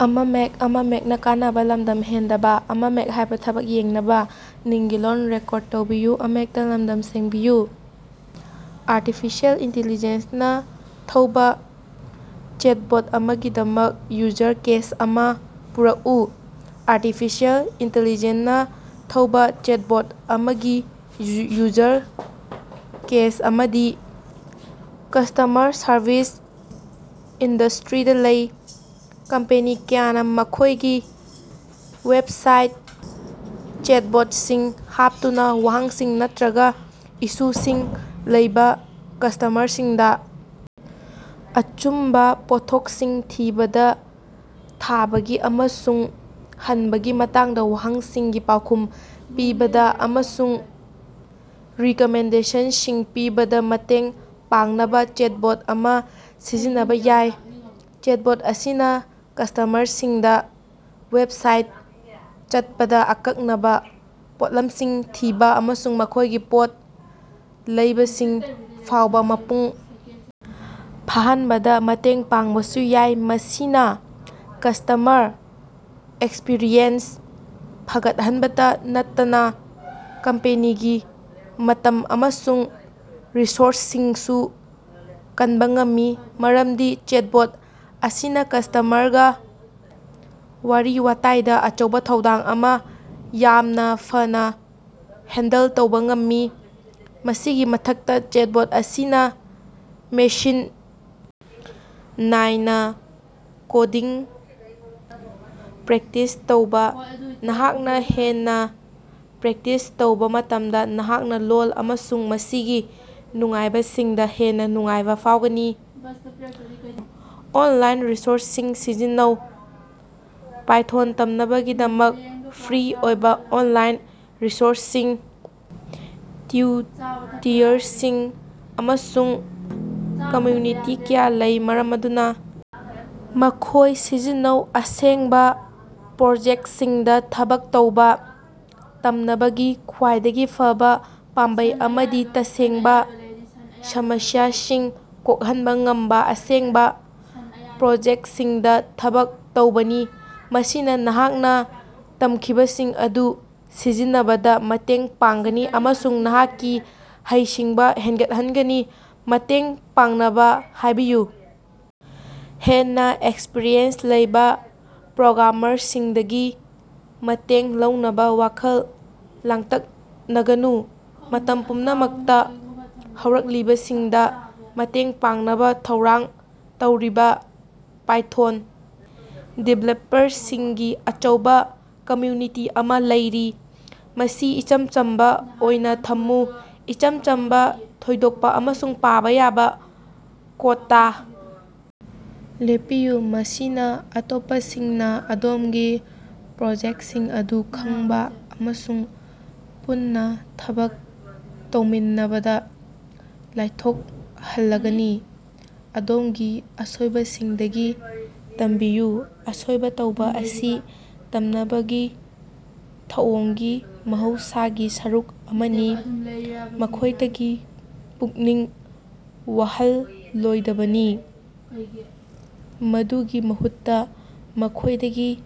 Artificial intelligence ꯅꯥ ꯊꯧꯕ chatbot ꯑꯃꯒꯤꯗꯃꯛ ꯌꯨꯖꯔ ꯀꯦꯁ ꯑꯃ ꯄꯨꯔꯛꯎ꯫ ꯑꯥꯔꯇꯤꯐꯤꯁꯤꯑꯦꯜ ꯏꯟꯇꯤꯂꯤꯖꯦꯟꯁꯅꯥ ꯊꯧꯕꯥ ꯆꯦꯇꯕꯣꯠ ꯑꯃꯒꯤ ꯌꯨꯖꯔ ꯀꯦꯁ ꯑꯃꯗꯤ ꯀꯁꯇꯃꯔ ꯁꯔꯚꯤꯁ ꯏꯟꯗꯁꯇ꯭ꯔꯤꯗ ꯂꯩ꯫ ꯀꯝꯄꯦꯅꯤ ꯀꯌꯥꯅ ꯃꯈꯣꯢꯒꯤ ꯋꯦꯕꯁꯥꯏꯠꯇ ꯆꯦꯇꯕꯣꯠꯁꯤꯡ ꯍꯥꯞꯇꯨꯅ ꯋꯥꯍꯪꯁꯤꯡ ꯅꯠꯇ꯭ꯔꯒ ꯏꯁꯨꯁꯤꯡ ꯂꯩꯕꯥ ꯀꯁꯇꯃꯔꯁꯤꯡꯗ ꯑꯆꯨꯝꯕ ꯄꯣꯠꯊꯣꯛꯁꯤꯡ ꯊꯤꯕꯗ ꯊꯥꯕꯒꯤ ꯑꯃꯁꯨꯡ ꯍꯟꯕꯒꯤ ꯃꯇꯥꯡꯗ ꯋꯥꯍꯪꯁꯤꯡꯒꯤ ꯄꯥꯎꯈꯨꯝ ꯄꯤꯕꯗ ꯑꯃꯁꯨꯡ ꯔꯤꯀꯃꯦꯟꯗꯦꯁꯟꯁꯤꯡ ꯄꯤꯕꯗ ꯃꯇꯦꯡ ꯄꯥꯡꯅꯕ ꯆꯦꯇꯕꯣꯠ ꯑꯃ ꯁꯤꯖꯤꯟꯅꯕ ꯌꯥꯏ꯫ ꯆꯦꯇꯕꯣꯠ ꯑꯁꯤꯅ ꯀꯁꯇꯃꯔꯁꯤꯡꯗ ꯋꯦꯕꯁꯥꯏꯠꯇ ꯆꯠꯄꯗ ꯑꯀꯛꯅꯕ ꯄꯣꯠꯂꯝꯁꯤꯡ ꯊꯤꯕ ꯑꯃꯁꯨꯡ ꯃꯈꯣꯢꯒꯤ ꯄꯣꯠ ꯂꯩꯕꯁꯤꯡ ꯐꯥꯎꯕ ꯃꯄꯨꯡ ꯐꯥꯍꯟꯕꯗ ꯃꯇꯦꯡ ꯄꯥꯡꯕꯁꯨ ꯌꯥꯏ꯫ ꯃꯁꯤꯅꯥ ꯀꯁꯇꯃꯔ ꯑꯦꯛꯁꯄꯤꯔꯤꯑꯦꯟꯁ ꯐꯒꯠꯍꯟꯕꯇ ꯅꯠꯇꯅ ꯀꯝꯄꯦꯅꯤꯒꯤ ꯃꯇꯝ ꯑꯃꯁꯨꯡ ꯔꯤꯁꯣꯔꯁꯁꯤꯡꯁꯨ ꯀꯟꯕ ꯉꯝꯃꯤ ꯃꯔꯝꯗꯤ ꯆꯦꯇꯕꯣꯠ ꯑꯁꯤꯅ ꯀꯁꯇꯃꯔꯒ ꯋꯥꯔꯤ ꯋꯥꯇꯥꯏꯗ ꯑꯆꯧꯕ ꯊꯧꯗꯥꯡ ꯑꯃ ꯌꯥꯝꯅꯐꯥꯅ ꯍꯦꯟꯗꯜ ꯇꯧꯕ ꯉꯝꯃꯤ꯫ ꯃꯁꯤꯒꯤ ꯃꯊꯛꯇ ꯆꯦꯇꯕꯣꯠ ꯑꯁꯤꯅ ꯃꯦꯁꯤꯟ ꯅꯥꯏꯅ ꯀꯣꯗꯤꯡ ꯄ꯭ꯔꯦꯛꯇꯤꯁ ꯇꯧꯕꯥ: ꯅꯍꯥꯛꯅ ꯍꯦꯟꯅ ꯄ꯭ꯔꯦꯛꯇꯤꯁ ꯇꯧꯕ ꯃꯇꯝꯗ ꯅꯍꯥꯛꯅ ꯂꯣꯜ ꯑꯃꯁꯨꯡ ꯃꯁꯤꯒꯤ ꯅꯨꯡꯉꯥꯏꯕꯁꯤꯡꯗ ꯍꯦꯟꯅ ꯅꯨꯡꯉꯥꯏꯕ ꯐꯥꯎꯒꯅꯤ꯫ ꯑꯣꯟꯂꯥꯏꯟ ꯔꯤꯁꯣꯔꯁꯁꯤꯡ ꯁꯤꯖꯤꯟꯅꯧ: ꯄꯥꯏꯊꯣꯟ ꯇꯝꯅꯕꯒꯤꯗꯃꯛ ꯐ꯭ꯔꯤ ꯑꯣꯏꯕ ꯑꯣꯟꯂꯥꯏꯟ ꯔꯤꯁꯣꯔꯁꯁꯤꯡ, ꯇ꯭ꯌꯨꯇꯤꯌꯔꯁꯤꯡ ꯑꯃꯁꯨꯡ ꯀꯝꯃ꯭ꯌꯨꯅꯤꯇꯤ ꯀꯌꯥ ꯂꯩ ꯃꯔꯝ ꯑꯗꯨꯅ ꯃꯈꯣꯢ ꯁꯤꯖꯤꯟꯅꯧ꯫ ꯑꯁꯦꯡꯕ ꯄ꯭ꯔꯣꯖꯦꯛꯇꯁꯤꯡꯗ ꯊꯕꯛ ꯇꯧꯕꯥ: ꯇꯝꯅꯕꯒꯤ ꯈ꯭ꯋꯥꯏꯗꯒꯤ ꯐꯕ ꯄꯥꯝꯕꯩ ꯑꯃꯗꯤ ꯇꯁꯦꯡꯕ ꯁꯃꯁ꯭ꯌꯥꯁꯤꯡ ꯀꯣꯛꯍꯟꯕ ꯉꯝꯕ ꯑꯁꯦꯡꯕ ꯄ꯭ꯔꯣꯖꯦꯛꯇꯁꯤꯡꯗ ꯊꯕꯛ ꯇꯧꯕꯅꯤ꯫ ꯃꯁꯤꯅ ꯅꯍꯥꯛꯅ ꯇꯝꯈꯤꯕꯁꯤꯡ ꯑꯗꯨ ꯁꯤꯖꯤꯟꯅꯕꯗ ꯃꯇꯦꯡ ꯄꯥꯡꯒꯅꯤ ꯑꯃꯁꯨꯡ ꯅꯍꯥꯛꯀꯤ ꯍꯩꯁꯤꯡꯕ ꯍꯦꯟꯒꯠꯍꯟꯒꯅꯤ꯫ ꯃꯇꯦꯡ ꯄꯥꯡꯅꯕ ꯍꯥꯢꯕꯤꯌꯨ: ꯍꯦꯟꯅ ꯑꯦꯛꯁꯄꯔꯤꯌꯦꯟꯁ ꯂꯩꯕ ꯄ꯭ꯔꯣꯒ꯭ꯔꯥꯃꯔꯁꯤꯡꯗꯒꯤ ꯃꯇꯦꯡ ꯂꯧꯅꯕ ꯋꯥꯈꯜ ꯂꯥꯡꯇꯛꯅꯒꯅꯨ꯫ ꯃꯇꯝ ꯄꯨꯝꯅꯃꯛꯇ ꯍꯧꯔꯛꯂꯤꯕꯁꯤꯡꯗ ꯃꯇꯦꯡ ꯄꯥꯡꯅꯕ ꯊꯧꯔꯥꯡ ꯇꯧꯔꯤꯕ ꯄꯥꯏꯊꯣꯟ ꯗꯤꯕꯦꯂꯄꯔꯁꯤꯡꯒꯤ ꯑꯆꯧꯕ ꯀꯝꯃ꯭ꯌꯨꯅꯤꯇꯤ ꯑꯃ ꯂꯩꯔꯤ꯫ ꯃꯁꯤ ꯏꯆꯝ ꯆꯝꯕ ꯑꯣꯏꯅ ꯊꯝꯃꯨ: ꯏꯆꯝ ꯆꯝꯕ ꯊꯣꯏꯗꯣꯛꯄ ꯑꯃꯁꯨꯡ ꯄꯥꯕ ꯌꯥꯕ ꯀꯣꯗꯇꯥ ꯂꯦꯞꯄꯤꯌꯨ꯫ ꯃꯁꯤꯅ ꯑꯇꯣꯞꯄꯁꯤꯡꯅ ꯑꯗꯣꯝꯒꯤ ꯄ꯭ꯔꯣꯖꯦꯛꯇꯁꯤꯡ ꯑꯗꯨ ꯈꯪꯕ ꯑꯃꯁꯨꯡ ꯄꯨꯟꯅ ꯊꯕꯛ ꯇꯧꯃꯤꯟꯅꯕꯗ ꯂꯥꯏꯊꯣꯛꯍꯜꯂꯒꯅꯤ꯫ ꯑꯗꯣꯝꯒꯤ ꯑꯁꯣꯏꯕꯁꯤꯡꯗꯒꯤ ꯇꯝꯕꯤꯌꯨ: ꯑꯁꯣꯏꯕ ꯇꯧꯕ ꯑꯁꯤ ꯇꯝꯅꯕꯒꯤ ꯊꯧꯑꯣꯡꯒꯤ ꯃꯍꯧꯁꯥꯒꯤ ꯁꯔꯨꯛ ꯑꯃꯅꯤ꯫ ꯃꯈꯣꯢꯗꯒꯤ ꯄꯨꯛꯅꯤꯡ ꯋꯥꯍꯜꯂꯣꯏꯗꯕꯅꯤ꯫ ꯃꯗꯨꯒꯤ ꯃꯍꯨꯠꯇ ꯃꯈꯣꯢꯗꯒꯤ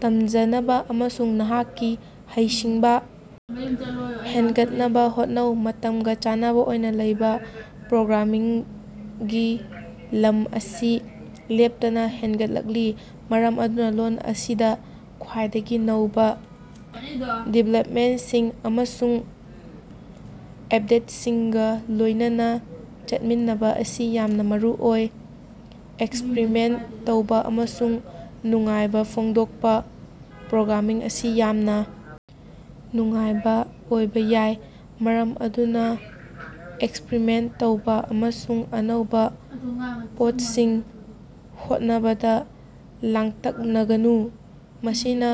ꯇꯃꯖꯅꯕ ꯑꯃꯁꯨꯡ ꯅꯍꯥꯛꯀꯤ ꯍꯩꯁꯤꯡꯕ ꯍꯦꯟꯒꯠꯍꯟꯅꯕ ꯍꯣꯠꯅꯧ꯫ ꯃꯇꯝꯒ ꯆꯥꯟꯅꯕ ꯑꯣꯏꯅ ꯂꯩꯕꯥ: ꯄ꯭ꯔꯣꯒ꯭ꯔꯥꯃꯤꯡꯒꯤ ꯂꯝ ꯑꯁꯤ ꯂꯦꯞꯇꯅ ꯍꯦꯟꯒꯠꯂꯛꯂꯤ ꯃꯔꯝ ꯑꯗꯨꯅ ꯂꯣꯜ ꯑꯁꯤꯗ ꯈ꯭ꯋꯥꯏꯗꯒꯤ ꯅꯧꯕ ꯗꯤꯕꯦꯂꯞꯃꯦꯟꯇꯁꯤꯡ ꯑꯃꯁꯨꯡ ꯑꯞꯗꯦꯠꯁꯤꯡꯒ ꯂꯣꯢꯅꯅꯥ ꯆꯠꯃꯤꯟꯅꯕ ꯑꯁꯤ ꯌꯥꯝꯅ ꯃꯔꯨꯑꯣꯏ꯫ ꯑꯦꯛꯁꯄꯔꯤꯃꯦꯟꯇ ꯇꯧꯕ ꯑꯃꯁꯨꯡ ꯅꯨꯡꯉꯥꯏꯕ ꯐꯣꯡꯗꯣꯛꯄꯥ: ꯄ꯭ꯔꯣꯒ꯭ꯔꯥꯃꯤꯡ ꯑꯁꯤ ꯌꯥꯝꯅ ꯅꯨꯡꯉꯥꯏꯕ ꯑꯣꯏꯕ ꯌꯥꯏ ꯃꯔꯝ ꯑꯗꯨꯅ ꯑꯦꯛꯁꯄꯔꯤꯃꯦꯟꯇ ꯇꯧꯕ ꯑꯃꯁꯨꯡ ꯑꯅꯧꯕ ꯄꯣꯠꯁꯤꯡ ꯍꯣꯠꯅꯕꯗ ꯂꯥꯡꯇꯛꯅꯒꯅꯨ꯫ ꯃꯁꯤꯅ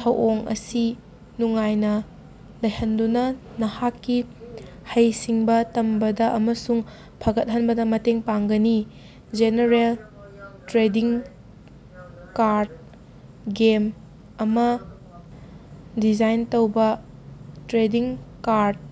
ꯊꯧꯑꯣꯡ ꯑꯁꯤ ꯅꯨꯡꯉꯥꯏꯅ ꯂꯩꯍꯟꯗꯨꯅ ꯅꯍꯥꯛꯀꯤ ꯍꯩꯁꯤꯡꯕ ꯇꯝꯕꯗ ꯑꯃꯁꯨꯡ ꯐꯒꯠꯍꯟꯕꯗ ꯃꯇꯦꯡ ꯄꯥꯡꯒꯅꯤ꯫ ꯖꯦꯅꯦꯔꯦꯜ ꯇ꯭ꯔꯦꯗꯤꯡ ꯀꯥꯔꯗ ꯒꯦꯝ ꯑꯃ ꯗꯤꯖꯥꯏꯟ ꯇꯧꯕ꯫ Trading card